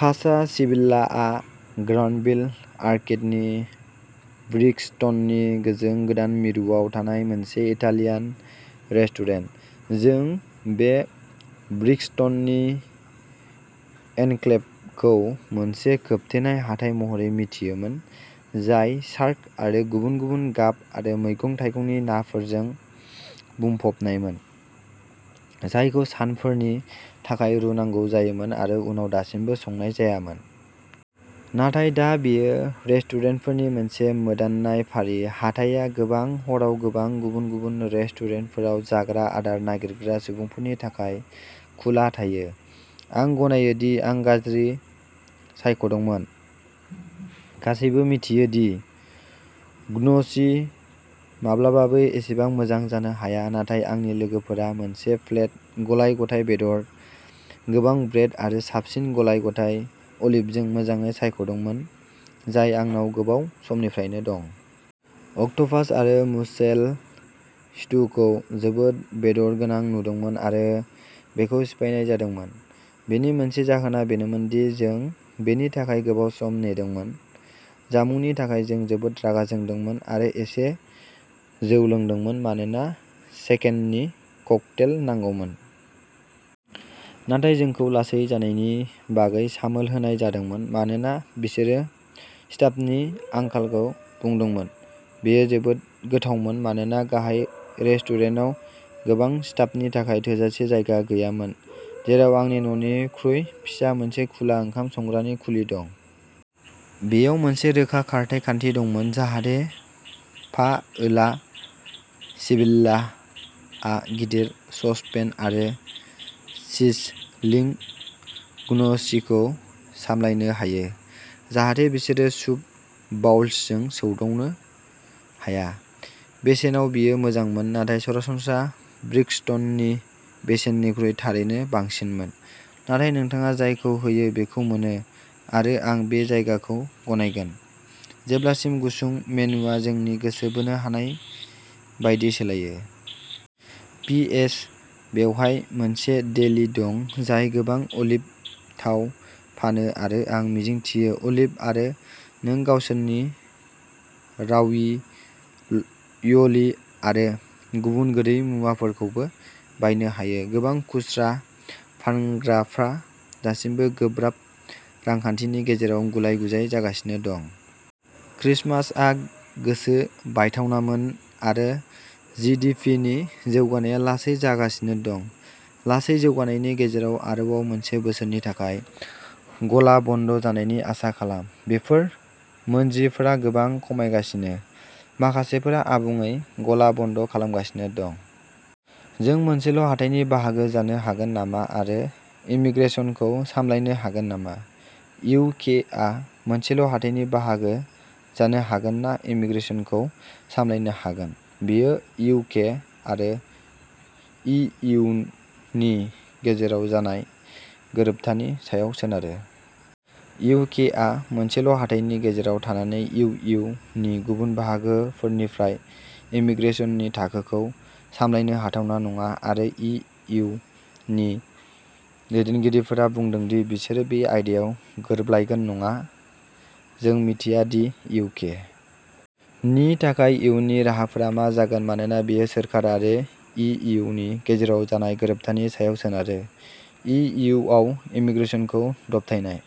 कासा सिबिल्लाआ ग्रानभिल आर्केडनि ब्रिक्सटननि गोजों गोदान मिरुआव थानाय मोनसे इटालियान रेस्टुरेन्ट। जों बे ब्रिक्सटननि एनक्लेभखौ मोनसे खोबथेनाय हाथाइ महरै मिथियोमोन, जाय शार्क आरो गुबुन-गुबुन गाब आरो मैगं-थाइगंनि नाफोरजों बुंफबनायमोन, जायखौ सानफोरनि थाखाय रुनांगौ जायोमोन आरो उनाव दासिमबो संनाय जायामोन। नाथाय दा बेयो रेस्टुरेन्टफोरनि मोनसे मोदाननाय फारि। हाथाइया गोबां हराव गोबां गुबुन-गुबुन रेस्टुरेन्टफोराव जाग्रा आदार नागिरग्रा सुबुंफोरनि थाखाय खुला थायो। आं गनायो दि आं गाज्रि सायख'दोंमोन-गासैबो मिथियो दि ग्नोचि माब्लाबाबो एसेबां मोजां जानो हाया-नाथाय आंनि लोगोफोरा मोनसे प्लेट गलाय-गथाय बेदर, गोबां ब्रेड आरो साबसिन गलाय-गथाय अलिभजों मोजाङै सायख'दोंमोन, जाय आंनाव गोबाव समनिफ्रायनो दं। अक्ट'पास आरो मुसेल स्टुखौ जोबोद बेदर गोनां नुदोंमोन आरो बेखौ सिफायनाय जादोंमोन। बेनि मोनसे जाहोना बेनोमोन दि जों बेनि थाखाय गोबाव सम नेदोंमोन। जामुंनि थाखाय जों जोबोद रागा जोंदोंमोन आरो एसे जौ लोंदोंमोन, मानोना सेकेन्दनि ककटेल नांगौमोन। नाथाय जोंखौ लासै जानायनि बागै सामोल होनाय जादोंमोन-मानोना बिसोरो स्टाफनि आंखालखौ बुंदोंमोन। बेयो जोबोद गोमोथावमोन मानोना गाहाय रेस्टुरेन्टाव गोबां स्टाफनि थाखाय थोजासे जायगा गैयामोन, जेराव आंनि न'निख्रुइ फिसा मोनसे खुला ओंखाम संग्रानि खुलि दं। बेयाव मोनसे रोखा खारथाइ खान्थि दंमोन जाहाथे पाओला सिबिल्ला आ गिदिर ससपेन आरो सिजलिंग ग्नोचिखौ सामलायनो हायो, जाहाथे बिसोरो सुप बाउल्सजों सौदावनो हाया। बेसेनाव बेयो मोजांमोन नाथाय सरासनस्रा ब्रिक्सटननि बेसेननिख्रुइ थारैनो बांसिनमोन, नाथाय नोंथाङा जायखौ होयो बेखौ मोनो आरो आं बे जायगाखौ गनायगोन, जेब्लासिम गुसुं मेनुआ जोंनि गोसो बोनो हानाय बायदि सोलायो। पि. एस. बेवहाय मोनसे डेली दं जाय मोजां अलिभ थाव फानो आरो आं मिजिंथियो अलिभ आरो नों गावसोरनि राविय'लि आरो गुबुन गोदै मुवाफोरखौबो बायनो हायो। गोबां खुस्रा फानग्राफ्रा दासिमबो गोब्राब रांखान्थिनि गेजेराव गुलाय-गुजाय जागासिनो दं। क्रिसमासआ गोसो बायथावनामोन आरो जि. डि. पि. नि जौगानाया लासै जागासिनो दं। लासै जौगानायनि गेजेराव आरोबाव मोनसे बोसोरनि थाखाय गला बन्द जानायनि आसा खालाम। बेफोर मोनजिफोरा गोबां खमायगासिनो; माखासेफोरा आबुङै गला बन्द खालामगासिनो दं। जों मोनसेल'हाथाइनि बाहागो जानो हागोन नामा आरो इमीग्रेसनखौ सामलायनो हागोन नामा? इउ. के. आ मोनसेल'हाथाइनि बाहागो जानो हागोन ना इमीग्रेसनखौ सामलायनो हागोन। बेयो इउ. के. आरो इ. इउ. नि गेजेराव जानाय गोरोबथानि सायाव सोनारो। इउ. के. आ मोनसेल'हाथाइनि गेजेराव थानानै इउ. इउ. नि गुबुन बाहागोफोरनिफ्राय इमीग्रेसननि थाखोखौ सामलायनो हाथावना नङा, आरो इ. इउ. नि दैदेनगिरिफोरा बुंदों दि बिसोरो बे आयदायाव गोरोबलायगोन नङा। जों मिथिया दि इउ. के. नि थाखाय इयुननि राहाफोरा मा जागोन मानोना बेयो सोरखार आरो इ. इउ. नि गेजेराव जानाय गोरोबथानि सायाव सोनारो। इ. इउ. आव इमीग्रेसनखौ दबथायनाय।